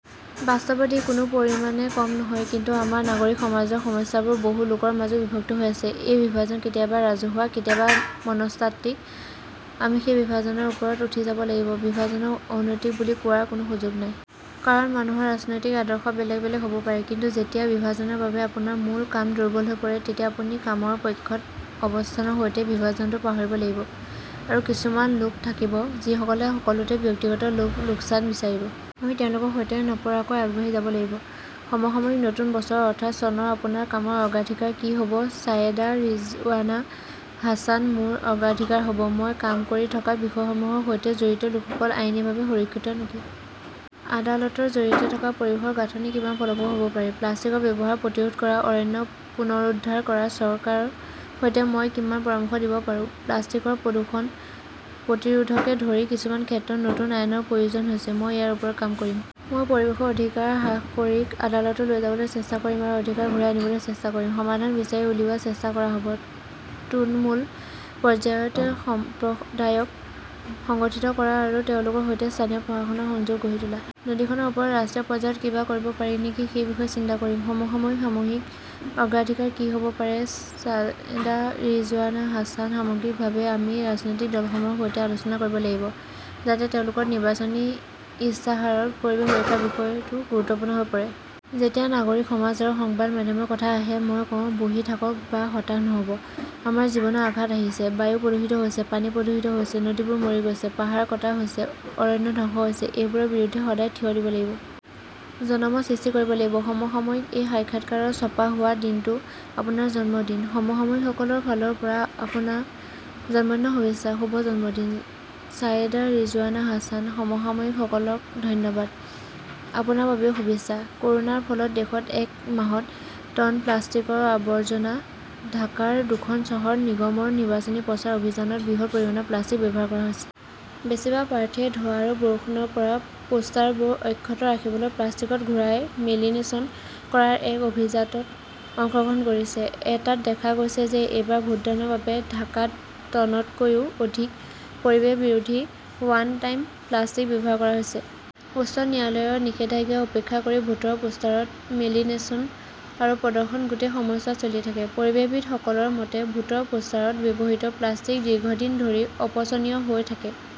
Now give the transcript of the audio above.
বাস্তৱত ই কোনো পৰিমাণে কম নহয়। কিন্তু আমাৰ নাগৰিক সমাজৰ সমস্যাবোৰ বহু লোকৰ মাজত বিভক্ত হৈ আছে। এই বিভাজন কেতিয়াবা ৰাজহুৱা, কেতিয়াবা মনস্তাত্ত্বিক। আমি সেই বিভাজনৰ ওপৰত উঠি যাব লাগিব। বিভাজনক অনৈতিক বুলি কোৱাৰ কোনো সুযোগ নাই। কাৰণ, মানুহৰ ৰাজনৈতিক আদৰ্শ বেলেগ বেলেগ হ ব পাৰে। কিন্তু যেতিয়া বিভাজনৰ বাবে আপোনাৰ মূল কাম দুৰ্বল হৈ পৰে, তেতিয়া আপুনি কামৰ পক্ষত অৱস্থানৰ সৈতে বিভাজনটো পাহৰিব লাগিব। আৰু কিছুমান লোক থাকিব, যিসকলে সকলোতে ব্যক্তিগত লাভ-লোকচান বিচাৰিব। আমি তেওঁলোকৰ সৈতে নপৰাকৈ আগবাঢ়ি যাব লাগিব। সমসাময়িক নতুন বছৰত, অৰ্থাৎ চনত আপোনাৰ কামৰ অগ্ৰাধিকাৰ কি হ 'ব ছায়েদা ৰিজৱানা হাছান মোৰ অগ্ৰাধিকাৰ হ 'ব মই কাম কৰি থকা বিষয়সমূহৰ সৈতে জড়িত লোকসকল আইনীভাৱে সুৰক্ষিত নেকি। আদালতৰ জৰিয়তে থকা পৰিৱেশৰ গাঁথনি কিমান ফলপ্ৰসূ হ’ব পাৰে। প্লাষ্টিকৰ ব্যৱহাৰ প্ৰতিৰোধ কৰা, অৰণ্য পুনৰুদ্ধাৰ কৰা-চৰকাৰৰ সৈতে মই কিমান পৰামৰ্শ দিব পাৰো। প্লাষ্টিকৰ প্ৰদূষণ প্ৰতিৰোধকে ধৰি কিছুমান ক্ষেত্ৰত নতুন আইনৰ প্ৰয়োজন হৈছে। মই ইয়াৰ ওপৰত কাম কৰিম। মই পৰিৱেশৰ অধিকাৰ হ্ৰাস কৰি আদালতত লৈ যাবলৈ চেষ্টা কৰিম আৰু অধিকাৰ ঘূৰাই আনিবলৈ চেষ্টা কৰিম। সমাধান বিচাৰি উলিওৱাৰ চেষ্টা কৰা হ’ব। তৃণমূল পৰ্যায়ত সম্প্ৰদায়ক সংগঠিত কৰা আৰু তেওঁলোকৰ সৈতে স্থানীয় প্ৰশাসনৰ সংযোগ গঢ়ি তোলা। নদীখনৰ ওপৰত ৰাষ্ট্ৰীয় পৰ্যায়ত কিবা কৰিব পাৰি নেকি সেই বিষয়ে চিন্তা কৰিম। সমসাময়িক সামূহিক অগ্ৰাধিকাৰ কি হ 'ব পাৰে ছায়েদা ৰিজৱানা হাছান সামগ্ৰিকভাৱে আমি ৰাজনৈতিক দলসমূহৰ সৈতে আলোচনা কৰিব লাগিব। যাতে তেওঁলোকৰ নিৰ্বাচনী ইস্তাহাৰত পৰিৱেশ সুৰক্ষাৰ বিষয়টো গুৰুত্বপূৰ্ণ হৈ পৰে। যেতিয়া নাগৰিক সমাজ আৰু সংবাদ মাধ্যমৰ কথা আহে, মই কওঁ, বহি থাকক বা হতাশ নহ 'ব। আমাৰ জীৱনত আঘাত আহিছে। বায়ু প্ৰদূষিত হৈছে, পানী প্ৰদূষিত হৈছে, নদীবোৰ মৰি গৈছে, পাহাৰ কটা হৈছে, অৰণ্য ধ্বংস হৈছে-এইবোৰৰ বিৰুদ্ধে সদায় থিয় দিব লাগিব। জনমত সৃষ্টি কৰিব লাগিব। সমসাময়িকঃ এই সাক্ষাৎকাৰটো ছপা হোৱা দিনটো আপোনাৰ জন্মদিন। সমসাময়িকসকলৰ ফালৰ পৰা আপোনাক জন্মদিনৰ শুভেচ্ছা। শুভ জন্মদিন। ছায়েদা ৰিজৱানা হাছানঃ সমসাময়িকসকলক ধন্যবাদ। আপোনাৰ বাবেও শুভেচ্ছা। ক’ৰোনাৰ ফলত দেশত এক মাহত টন প্লাষ্টিকৰ আৱৰ্জনা ঢাকাৰ দুখন চহৰ নিগমৰ নিৰ্বাচনী প্ৰচাৰ অভিযানত বৃহৎ পৰিমাণৰ প্লাষ্টিক ব্যৱহাৰ কৰা হৈছে। বেছিভাগ প্ৰাৰ্থীয়ে ধোঁৱা আৰু বৰষুণৰ পৰা পোষ্টাৰবোৰ অক্ষত ৰাখিবলৈ প্লাষ্টিকত ঘূৰাই লেমিনেচন কৰাৰ এক অভিজাত ত অংশগ্ৰহণ কৰিছে। এটাত দেখা গৈছে যে এইবাৰ ভোটদানৰ বাবে ঢাকাত টনতকৈও অধিক পৰিৱেশ বিৰোধী 'ৱান টাইম "প্লাষ্টিক ব্যৱহাৰ কৰা হৈছে। উচ্চ ন্যায়ালয়ৰ নিষেধাজ্ঞা উপেক্ষা কৰি ভোটৰ পোষ্টাৰত লেমিনেচন আৰু প্ৰদৰ্শন গোটেই সময়ছোৱাত চলি থাকে। পৰিৱেশবিদসকলৰ মতে, ভোটৰ পোষ্টাৰত ব্যৱহৃত প্লাষ্টিক দীৰ্ঘদিন ধৰি অপচনীয় হৈ থাকে।